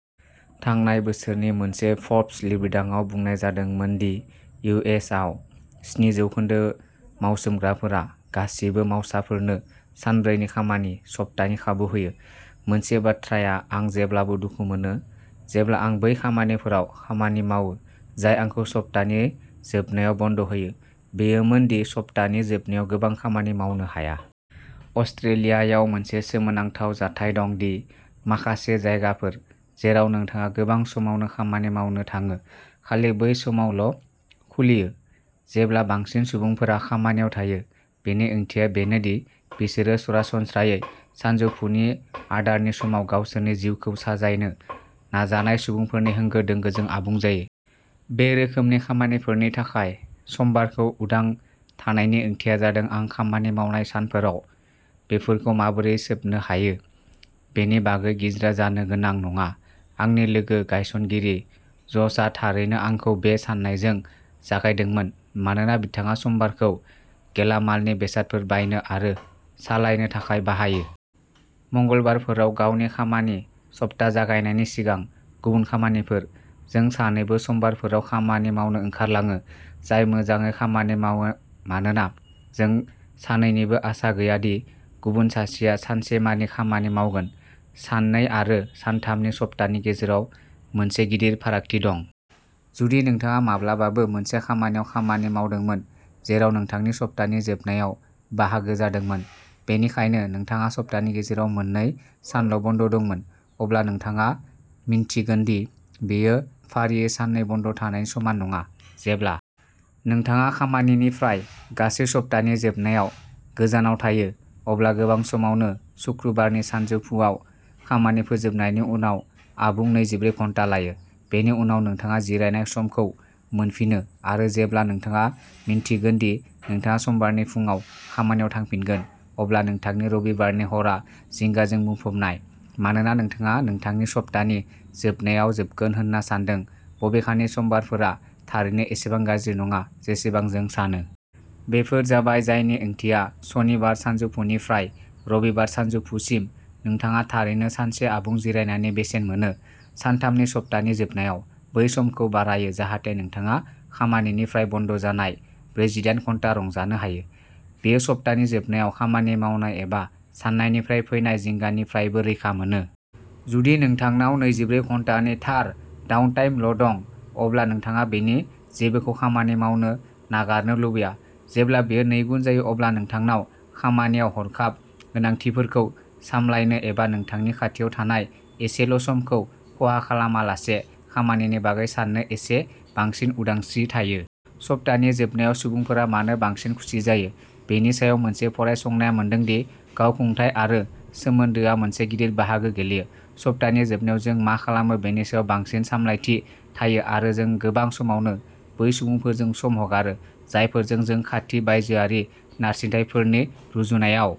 थांनाय बोसोरनि मोनसे फ'र्ब्स लिरबिदांआव बुंनाय जादोंमोन दि इउ एस आव स्नि जौखोन्दो मावसोमग्राफोरा गासिबो मावसाफोरनो सानब्रैनि खामानि सप्तानि खाबु होयो। मोनसे बाथ्राया आं जेब्लाबो दुखु मोनो जेब्ला आं बै खामानिफोराव खामानि मावो जाय आंखौ सप्तानि जोबनायाव बन्द होयो, बेयोमोन दि सप्तानि जोबनायाव गोबां खामानि मावनो हाया। अस्ट्रेलियायाव मोनसे सोमोनांथाव जाथाय दं दि माखासे जायगाफोर जेराव नोंथाङा गोबां समावनो खामानि मावनो थाङो खालि बै समावल' खुलियो जेब्ला बांसिन सुबुंफोरा खामानियाव थायो। बेनि ओंथिया बेनो दि बिसोरो सरासनस्रायै सानजौफुनि आदारनि समाव गावसोरनि जिउखौ साजायनो नाजानाय सुबुंफोरनि होंगो दोंगोजों आबुं जायो। बे रोखोमनि खामानिफोरनि थाखाय समबारखौ उदां थानायनि ओंथिया जादों आं खामानि मावनाय सानफोराव बेफोरखौ माबोरै सोबनो हायो बेनि बागै गिज्रा जानो गोनां नङा। आंनि लोगो गायसनगिरि ज'शआ थारैनो आंखौ बे साननायजों जागायदोंमोन, मानोना बिथाङा समबारखौ गेलामालनि बेसादफोर बायनो आरो सालायनो थाखाय बाहायो। मंगलबारफोराव गावनि खामानि सप्ता जागायनायनि सिगां गुबुन खामानिफोर। जों सानैबो समबारफोराव खामानि मावनो ओंखारलाङो, जाय मोजाङै खामानि मावो मानोना जों सानैनिबो आसा गैया दि गुबुन सासेया सानसेमानि खामानि मावगोन। साननै आरो सानथामनि सप्तानि गेजेराव मोनसे गिदिर फारागथि दं। जुदि नोंथाङा माब्लाबाबो मोनसे खामानियाव खामानि मावदोंमोन जेराव नोंथांनि सप्तानि जोबनायाव बाहागो जादोंमोन, बेनिखायनो नोंथाङा सप्तानि गेजेराव मोननै सानल' बन्द' दंमोन, अब्ला नोंथाङा मिन्थिगोन दि बेयो फारियै साननै बन्द' थानायनि समान नङा। जेब्ला नोंथाङा खामानिनिफ्राय गासै सप्तानि जोबनायाव गोजानाव थायो अब्ला गोबां समावनो सुक्रुबारनि सानजौफुआव खामानि फोजोबनायनि उनाव आबुं नैजिब्रै घन्टा लायो, बेनि उनाव नोंथाङा जिरायनाय समखौ मोनफिनो आरो जेब्ला नोंथाङा मिन्थिगोन दि नोंथाङा समबारनि फुंआव खामानियाव थांफिनगोन, अब्ला नोंथांनि रबिबारनि हरआ जिंगाजों बुंफबनाय मानोना नोंथाङा नोंथांनि सप्तानि जोबनायाव जोबगोन होनना सान्दों बबेखानि समबारफोरा थारैनो एसेबां गाज्रि नङा जेसेबां जों सानो। बेफोर जाबाय जायनि ओंथिया सनिबार सानजौफुनिफ्राय रबिबार सानजौफुसिम, नोंथाङा थारैनो सानसे आबुं जिरायनायनि बेसेन मोनो। सानथामनि सप्तानि जोबनायाव बै समखौ बारायो जाहाथे नोंथाङा खामानिनिफ्राय बन्द जानाय ब्रैजिडाइन घन्टा रंजानो हायो। बेयो सप्तानि जोबनायाव खामानि मावनाय एबा साननायनिफ्राय फैनाय जिंगानिफ्रायबो रैखा मोनो। जुदि नोंथांनाव नैजिब्रै घन्टानि थार डाउनटाइमल' दं, अब्ला नोंथाङा बेनि जेबोखौ खामानि मावनो नागारनो लुबैया। जेब्ला बेयो नैगुन जायो अब्ला नोंथांनाव खामानियाव हरखाब गोनांथिफोरखौ सामलायनो एबा नोंथांनि खाथियाव थानाय एसेल' समखौ खहा खालामालासे खामानिनि बागै साननो एसे बांसिन उदांस्रि थायो। सप्तानि जोबनायाव सुबुंफोरा मानो बांसिन खुसि जायो बेनि सायाव मोनसे फरायसंनाया मोनदों दि गावखुंथाय आरो सोमोन्दोआ मोनसे गिदिर बाहागो गेलेयो। सप्तानि जोबनायाव जों मा खालामो बेनि सायाव बांसिन सामलायथि थायो आरो जों गोबां समावनो बै सुबुंफोरजों सम हगारो जायफोरजों जों खाथि बायजोआरि नारसिनथायफोरनि रुजुनायाव।